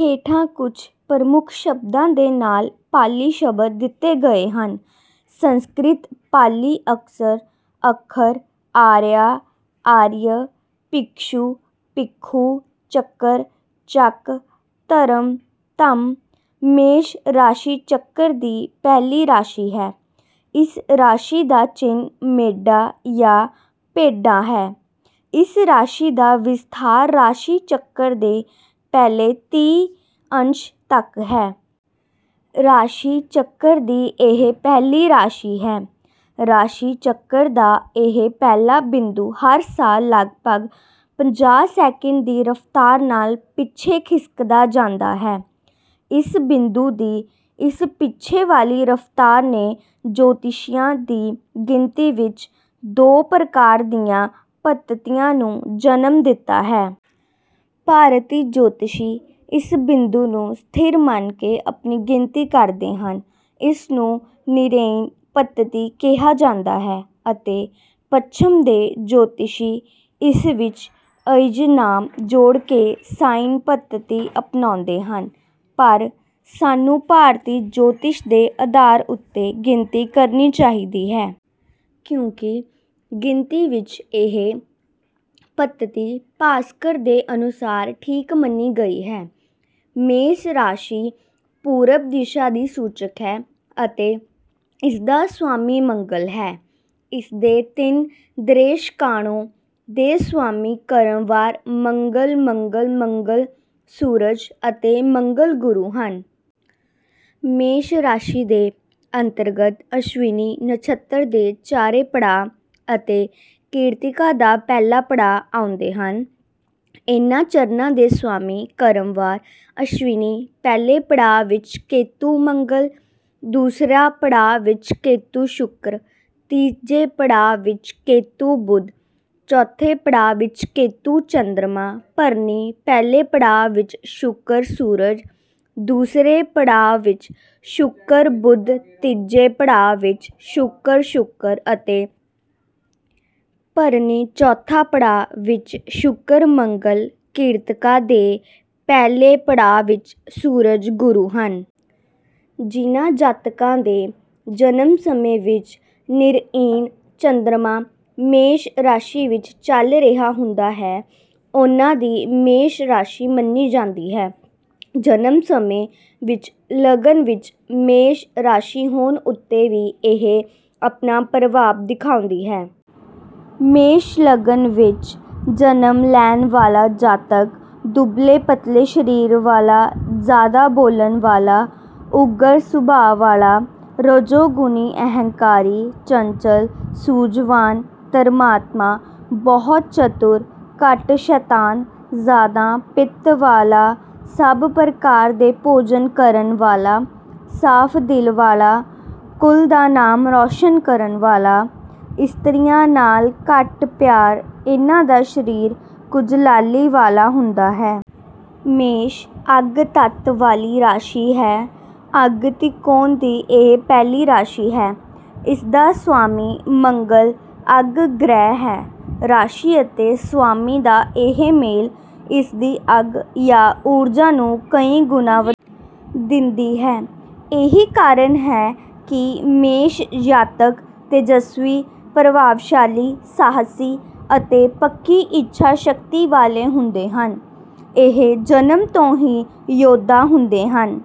ਹੇਠਾਂ ਕੁੱਝ ਪ੍ਰਮੁੱਖ ਸ਼ਬਦਾਂ ਦੇ ਨਾਲ ਪਾਲੀ ਸ਼ਬਦ ਦਿੱਤੇ ਗਏ ਹਨ। ਸੰਸਕ੍ਰਿਤ ਪਾਲੀ ਅਕਸ਼ਰ ਅੱਖਰ ਆਰੀਆ ਅਰਿਯ ਭਿਕਸ਼ੂ ਭਿੱਖੁ ਚੱਕਰ ਚੱਕ ਧਰਮ ਧੰਮ। ਮੇਸ਼ ਰਾਸ਼ੀ ਚੱਕਰ ਦੀ ਪਹਿਲੀ ਰਾਸ਼ੀ ਹੈ ਇਸ ਰਾਸ਼ੀ ਦਾ ਚਿੰਨ੍ਹ ਮੇਢਾ ਜਾਂ ਭੇਡਾ ਹੈ ਇਸ ਰਾਸ਼ੀ ਦਾ ਵਿਸਥਾਰ ਰਾਸ਼ੀ ਚੱਕਰ ਦੇ ਪਹਿਲੇ ਤੀਹ ਅੰਸ਼ ਤੱਕ ਹੈ। ਰਾਸ਼ੀ ਚੱਕਰ ਦੀ ਇਹ ਪਹਿਲੀ ਰਾਸ਼ੀ ਹੈ। ਰਾਸ਼ੀ ਚੱਕਰ ਦਾ ਇਹ ਪਹਿਲਾ ਬਿੰਦੂ ਹਰ ਸਾਲ ਲਗਭੱਗ ਪੰਜਾਹ ਸੈਕੰਡ ਦੀ ਰਫਤਾਰ ਨਾਲ ਪਿੱਛੇ ਖਿਸਕਦਾ ਜਾਂਦਾ ਹੈ। ਇਸ ਬਿੰਦੂ ਦੀ ਇਸ ਪਿੱਛੇ ਵਾਲੀ ਰਫਤਾਰ ਨੇ ਜੋਤਿਸ਼ੀਆਂ ਦੀ ਗਿਣਤੀ ਵਿੱਚ ਦੋ ਪ੍ਰਕਾਰ ਦੀਆਂ ਪੱਧਤੀਆਂ ਨੂੰ ਜਨਮ ਦਿੱਤਾ ਹੈ। ਭਾਰਤੀ ਜੋਤਿਸ਼ੀ ਇਸ ਬਿੰਦੂ ਨੂੰ ਸਥਿਰ ਮੰਨ ਕੇ ਆਪਣੀ ਗਿਣਤੀ ਕਰਦੇ ਹਨ। ਇਸਨੂੰ ਨਿਰਇਣ ਪੱਧਤੀ ਕਿਹਾ ਜਾਂਦਾ ਹੈ। ਅਤੇ ਪੱਛਮ ਦੇ ਜੋਤਿਸ਼ੀ ਇਸ ਵਿੱਚ ਅਜਨਾਂਮ ਜੋੜ ਕੇ ਸਾਇਨ ਪੱਧਤੀ ਅਪਣਾਉਂਦੇ ਹਨ। ਪਰ ਸਾਨੂੰ ਭਾਰਤੀ ਜੋਤਿਸ਼ ਦੇ ਆਧਾਰ ਉੱਤੇ ਗਿਣਤੀ ਕਰਨੀ ਚਾਹੀਦੀ ਹੈ। ਕਿਉਂਕਿ ਗਿਣਤੀ ਵਿੱਚ ਇਹ ਪੱਧਤੀ ਭਾਸਕਰ ਦੇ ਅਨੁਸਾਰ ਠੀਕ ਮੰਨੀ ਗਈ ਹੈ। ਮੇਸ਼ ਰਾਸ਼ੀ ਪੂਰਬ ਦਿਸ਼ਾ ਦੀ ਸੂਚਕ ਹੈ ਅਤੇ ਇਸਦਾ ਸਵਾਮੀ ਮੰਗਲ ਹੈ। ਇਸਦੇ ਤਿੰਨ ਦਰੇਸ਼ਕਾਣੋਂ ਦੇ ਸਵਾਮੀ ਕ੍ਰਮਵਾਰ ਮੰਗਲ ਮੰਗਲ ਮੰਗਲ ਸੂਰਜ ਅਤੇ ਮੰਗਲ ਗੁਰੂ ਹਨ। ਮੇਸ਼ ਰਾਸ਼ੀ ਦੇ ਅੰਤਰਗਤ ਅਸ਼ਵਿਨੀ ਨਛੱਤਰ ਦੇ ਚਾਰੇ ਪੜਾਅ ਅਤੇ ਕ੍ਰਿਤਿਕਾ ਦਾ ਪਹਿਲਾ ਪੜਾਅ ਆਉਂਦੇ ਹਨ। ਇਨ੍ਹਾਂ ਚਰਣਾਂ ਦੇ ਸਵਾਮੀ ਕ੍ਰਮਵਾਰ ਅਸ਼ਵਿਨੀ ਪਹਿਲੇ ਪੜਾਅ ਵਿੱਚ ਕੇਤੁ ਮੰਗਲ ਦੂਸਰਾ ਪੜਾਅ ਵਿੱਚ ਕੇਤੁ ਸ਼ੁਕਰ ਤੀਜੇ ਪੜਾਅ ਵਿੱਚ ਕੇਤੁ ਬੁੱਧ ਚੌਥਾ ਪੜਾਅ ਵਿੱਚ ਕੇਤੁ ਚੰਦਰਮਾ ਭਰਨੀ ਪਹਿਲੇ ਪੜਾਅ ਵਿੱਚ ਸ਼ੁਕਰ ਸੂਰਜ ਦੂਸਰੇ ਪੜਾਅ ਵਿੱਚ ਸ਼ੁਕਰ ਬੁੱਧ ਤੀਜੇ ਪੜਾਅ ਵਿੱਚ ਸ਼ੁਕਰ ਸ਼ੁਕਰ ਅਤੇ ਭਰਨੀ ਚੌਥਾ ਪੜਾਅ ਵਿੱਚ ਸ਼ੁਕਰ ਮੰਗਲ ਕ੍ਰਿਤਿਕਾ ਦੇ ਪਹਿਲੇ ਪੜਾਅ ਵਿੱਚ ਸੂਰਜ ਗੁਰੂ ਹਨ। ਜਿਨ੍ਹਾਂ ਜਾਤਕਾਂ ਦੇ ਜਨਮ ਸਮੇਂ ਵਿੱਚ ਨਿਰਇਣ ਚੰਦਰਮਾ ਮੇਸ਼ ਰਾਸ਼ੀ ਵਿੱਚ ਚਲ ਰਿਹਾ ਹੁੰਦਾ ਹੈ ਉਨ੍ਹਾਂ ਦੀ ਮੇਸ਼ ਰਾਸ਼ੀ ਮੰਨੀ ਜਾਂਦੀ ਹੈ ਜਨਮ ਸਮੇਂ ਵਿੱਚ ਲਗਨ ਵਿੱਚ ਮੇਸ਼ ਰਾਸ਼ੀ ਹੋਣ ਉੱਤੇ ਵੀ ਇਹ ਆਪਣਾ ਪ੍ਰਭਾਵ ਦਿਖਾਉਂਦੀ ਹੈ। ਮੇਸ਼ ਲਗਨ ਵਿੱਚ ਜਨਮ ਲੈਣ ਵਾਲਾ ਜਾਤਕ ਦੁਬਲੇ ਪਤਲੇ ਸਰੀਰ ਵਾਲਾ ਜਿਆਦਾ ਬੋਲਣ ਵਾਲਾ ਉਗਰ ਸੁਭਾਅ ਵਾਲਾ ਰਜੋਗੁਣੀ ਅਹੰਕਾਰੀ ਚੰਚਲ ਸੂਝਵਾਨ ਧਰਮਾਤਮਾ ਬਹੁਤ ਚਤੁਰ ਘੱਟ ਸ਼ੈਤਾਨ ਜਿਆਦਾ ਪਿੱਤ ਵਾਲਾ ਸਭ ਪ੍ਰਕਾਰ ਦੇ ਭੋਜਨ ਕਰਨ ਵਾਲਾ ਸਾਫ ਦਿਲ ਵਾਲਾ ਕੁਲ ਦਾ ਨਾਮ ਰੌਸ਼ਨ ਕਰਨ ਵਾਲਾ ਇਸਤਰੀਆਂ ਨਾਲ ਘੱਟ ਪਿਆਰ ਇਨ੍ਹਾਂ ਦਾ ਸਰੀਰ ਕੁੱਝ ਲਾਲੀ ਵਾਲਾ ਹੁੰਦਾ ਹੈ। ਮੇਸ਼ ਅੱਗ ਤੱਤ ਵਾਲੀ ਰਾਸ਼ੀ ਹੈ ਅੱਗ ਤਿਕੋਣ ਦੀ ਇਹ ਪਹਿਲੀ ਰਾਸ਼ੀ ਹੈ ਇਸਦਾ ਸਵਾਮੀ ਮੰਗਲ ਅੱਗ ਗ੍ਰਹਿ ਹੈ ਰਾਸ਼ੀ ਅਤੇ ਸਵਾਮੀ ਦਾ ਇਹ ਮੇਲ ਇਸਦੀ ਅੱਗ ਜਾਂ ਊਰਜਾ ਨੂੰ ਕਈ ਗੁਣਾ ਵਧਾ ਦਿੰਦੀ ਹੈ ਇਹੀ ਕਾਰਨ ਹੈ ਕਿ ਮੇਸ਼ ਜਾਤਕ ਤੇਜਸਵੀ ਪ੍ਰਭਾਵਸ਼ਾਲੀ ਸਾਹਸੀ ਅਤੇ ਪੱਕੀ ਇੱਛਾ ਸ਼ਕਤੀ ਵਾਲੇ ਹੁੰਦੇ ਹਨ ਇਹ ਜਨਮ ਤੋਂ ਹੀ ਯੋਧਾ ਹੁੰਦੇ ਹਨ